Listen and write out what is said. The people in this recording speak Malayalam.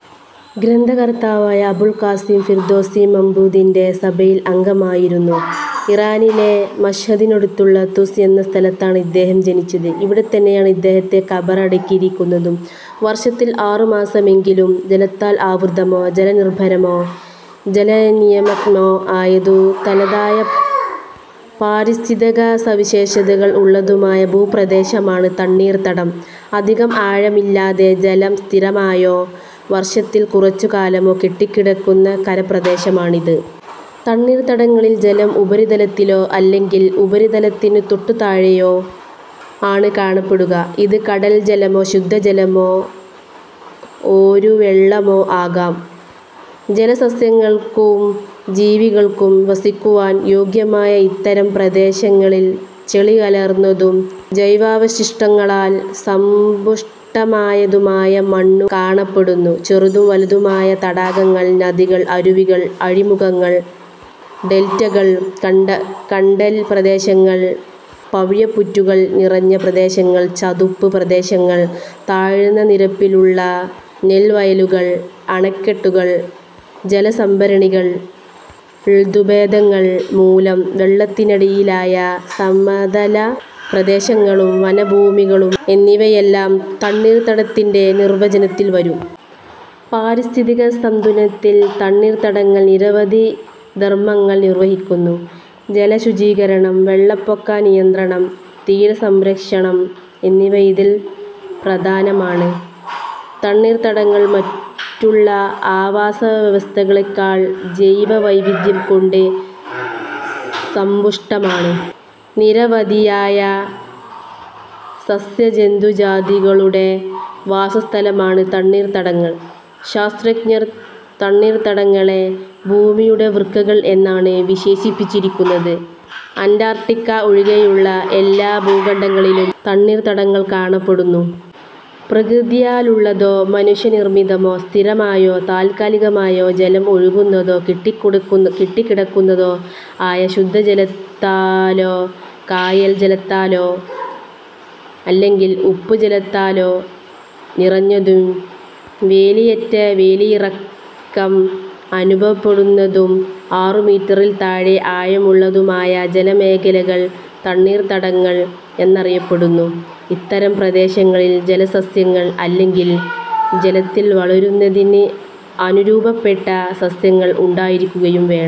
ഗ്രന്ഥകർത്താവായ അബുൾ കാസിം ഫിർദോസി മഹ്മൂദിന്റെ സഭയിലെ അംഗമായിരുന്നു. ഇറാനിലെ മശ്ഹദിനടുത്തുള്ള തുസ് എന്ന സ്ഥലത്താണ് ഇദ്ദേഹം ജനിച്ചത്. ഇവിടെത്തന്നെയാണ് ഇദ്ദേഹത്തെ ഖബറടക്കിയിരിക്കുന്നതും. വർഷത്തിൽ ആറുമാസമെങ്കിലും ജലത്താൽ ആവൃതമോ ജലനിർഭരമോ ജലനിമഗ്നമോ ആയതും തനതായ പാരിസ്ഥിതികസവിശേഷതകൾ ഉള്ളതുമായ ഭൂപ്രദേശമാണ് തണ്ണീർത്തടം. അധികം ആഴമില്ലാതെ ജലം സ്ഥിരമായോ, വർഷത്തിൽ കുറച്ചു കാലമോ കെട്ടിക്കിടക്കുന്ന കരപ്രദേശമാണിത്. തണ്ണീർത്തടങ്ങളിൽ ജലം ഉപരിതലത്തിലോ അല്ലെങ്കിൽ ഉപരിതലത്തിനു തൊട്ടുതാഴെയോ ആണ് കാണപ്പെടുക. ഇത് കടൽ ജലമോ ശുദ്ധജലമോ ഓരുവെള്ളമോ ആകാം. ജലസസ്യങ്ങൾക്കും ജീവികൾക്കും വസിക്കുവാൻ യോഗ്യമായ ഇത്തരം പ്രദേശങ്ങളിൽ ചെളി കലർന്നതും ജൈവാവശിഷ്ടങ്ങളാൽ സമ്പുഷ്ടമായതുമായ മണ്ണു കാണപ്പെടുന്നു. ചെറുതും വലുതുമായ തടാകങ്ങൾ, നദികൾ, അരുവികൾ. അഴിമുഖങ്ങൾ. ഡെൽറ്റകൾ, കണ്ടൽ പ്രദേശങ്ങൾ, പവിഴപ്പുറ്റുകൾ നിറഞ്ഞ പ്രദേശങ്ങൾ, ചതുപ്പ് പ്രദേശങ്ങൾ, താഴ്ന്ന നിരപ്പിലുള്ള നെൽവയലുകൾ, അണക്കെട്ടുകൾ, ജലസംഭരണികൾ, ഋതുഭേദങ്ങൾ മൂലം വെള്ളത്തിനടിയിലായ സമതല പ്രദേശങ്ങളും വനഭൂമികളും എന്നിവയെല്ലാം തണ്ണീർത്തടത്തിന്റെ നിർവ്വചനത്തിൽ വരും. പാരിസ്ഥിതികസംതുലനത്തിൽ തണ്ണീർത്തടങ്ങൾ നിരവധി ധർമങ്ങൾ നിർവ്വഹിക്കുന്നു. ജലശുചീകരണം, വെള്ളപ്പൊക്കനിയന്ത്രണം, തീരസംരക്ഷണം എന്നിവ ഇതിൽ പ്രധാനമാണ്. തണ്ണീർത്തടങ്ങൾ മറ്റുള്ള ആവാസ വ്യവസ്ഥകളെക്കാൾ ജൈവവൈവിധ്യം കൊണ്ട് സമ്പുഷ്ടമാണ്. നിരവധിയായ സസ്യ-ജന്തുജാതികളുടെ വാസസ്ഥലമാണ് തണ്ണീർത്തടങ്ങൾ. ശാസ്ത്രജ്ഞർ തണ്ണീർത്തടങ്ങളെ ഭൂമിയുടെ വൃക്കകൾ എന്നാണ് വിശേഷിപ്പിച്ചിരിക്കുന്നത്. അന്റാർട്ടിക്ക ഒഴികെയുള്ള എല്ലാ ഭൂഖണ്ഡങ്ങളിലും തണ്ണീർത്തടങ്ങൾ കാണപ്പെടുന്നു. പ്രകൃത്യാലുള്ളതോ, മനുഷ്യ നിർമിതമോ, സ്ഥിരമായോ താൽക്കാലികമായോ ജലം ഒഴുകുന്നതോ, കെട്ടിക്കിടക്കുന്നതോ ആയ, ശുദ്ധജലത്താലോ കായൽ ജലത്താലോ അല്ലെങ്കിൽ ഉപ്പ് ജലത്താലോ നിറഞ്ഞതും വേലിയേറ്റ വേലിയിറക്കം അനുഭവപ്പെടുന്നതും, ആറു മീറ്ററിൽ താഴെ ആഴമുള്ളതുമായ ജലമേഖലകൾ തണ്ണീർത്തടങ്ങൾ എന്നറിയപ്പെടുന്നു. ഇത്തരം പ്രദേശങ്ങളിൽ ജലസസ്യങ്ങൾ അല്ലെങ്കിൽ ജലത്തിൽ വളരുന്നതിന് അനുരൂപപ്പെട്ട സസ്യങ്ങൾ ഉണ്ടായിരിക്കുകയും വേണം.